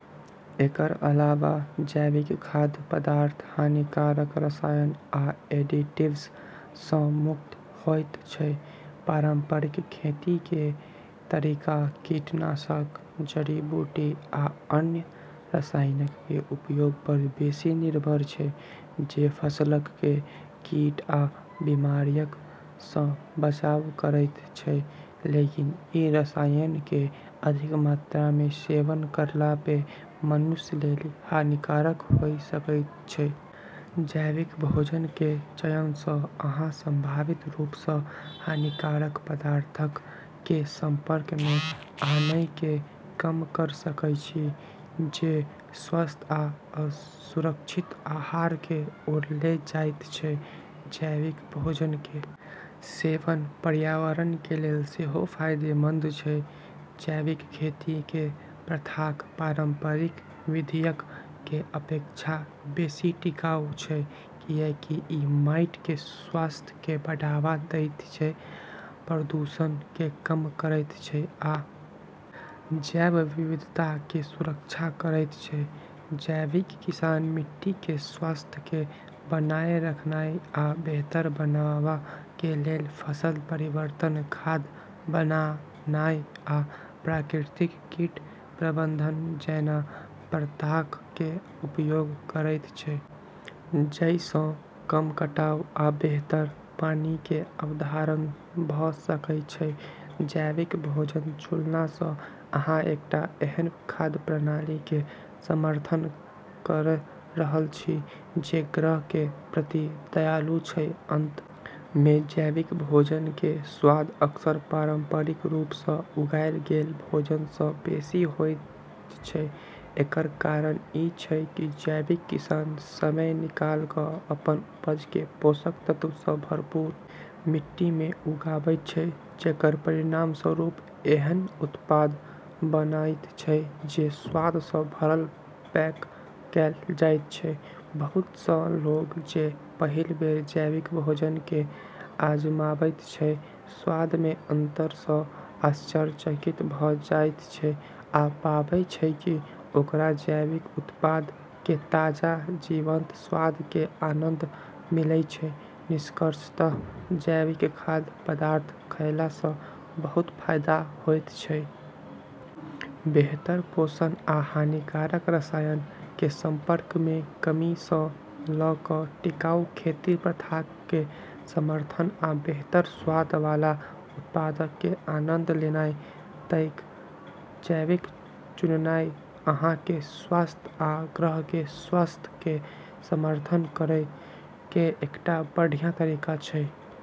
एकर अलावा जैविक खाद्य पदार्थ हानिकारक रसायन आ एडिटिव्स सं मुक्त होयत छै, पारंपरिक खेती कें तरीका कीटनाशक, जड़ी-बूटी आ अन्य रसायनक कें उपयोग पर बेसि निर्भर छै जे फसलक कें कीट आ बीमारियक सं बचाव करएयत छै, लेकिन ई रसायन केरऽ अधिक मात्रा मे सेवन करला पे मनुष्य लेली हानिकारक होय सकै छै। जैविक भोजन कें चयन सं, अहां संभावित रूप सं हानिकारक पदार्थक कें संपर्क मे आनाय कें कम कयर सकय छी जे स्वस्थ आ सुरक्षित आहार कें ओर ले जायत छै, जैविक भोजन कें सेवन पर्यावरण कें लेल सेहो फायदेमंद छै, जैविक खेती कें प्रथाक पारंपरिक विधियक कें अपेक्षा बेसि टिकाऊ छै, कियाकि इ माइट कें स्वास्थ्य कें बढ़ावा देयत छै, प्रदूषण कें कम करयत छै आ जैव विविधता कें सुरक्षा करयत छै, जैविक किसान मिट्टी कें स्वास्थ्य कें बनाए रखनाय आ बेहतर बनावा कें लेल फसल परिवर्तन, खाद बनानाय आ प्राकृतिक कीट प्रबंधन जैना प्रथाक कें उपयोग करएयत छै जइ सं कम कटाव आ बेहतर पानी कें अवधारण भ सकएय छै, जैविक भोजन चुनला सं अहां एकटा एहन खाद्य प्रणाली कें समर्थन कयर रहल छी जे ग्रह कें प्रति दयालु छै, अंत मे जैविक भोजन कें स्वाद अक्सर पारंपरिक रूप सं उगाएल गेल भोजन सं बेसि होयत छै, एकर कारण इ छै की जैविक किसान समय निकाल क अपन उपज कें पोषक तत्व सं भरपूर मिट्टी मे उगाबैत छै जेकर परिणामस्वरूप एहन उत्पाद बनएयत छै जे स्वाद सं भरल पैक कैल जायत छै, बहुत सं लोग जे पहिल बेर जैविक भोजन कें आजमाबैत छै, स्वाद मे अंतर सं आश्चर्यचकित भ जायत छै आ पाबै छै कि ओकरा जैविक उत्पाद कें ताजा, जीवंत स्वाद कें आनंद मिलै छै, निष्कर्षतः जैविक खाद्य पदार्थ खयला सँ बहुत फायदा होइत छैक। बेहतर पोषण आ हानिकारक रसायन कें संपर्क मे कमी सं ल क टिकाऊ खेती प्रथाक कें समर्थन आ बेहतर स्वाद वाला उत्पादक कें आनंद लेनाय तइक, जैविक चुननाय अहां कें स्वास्थ्य आ ग्रह कें स्वास्थ्य कें समर्थन करय कें एकटा बढ़िया तरीका छै।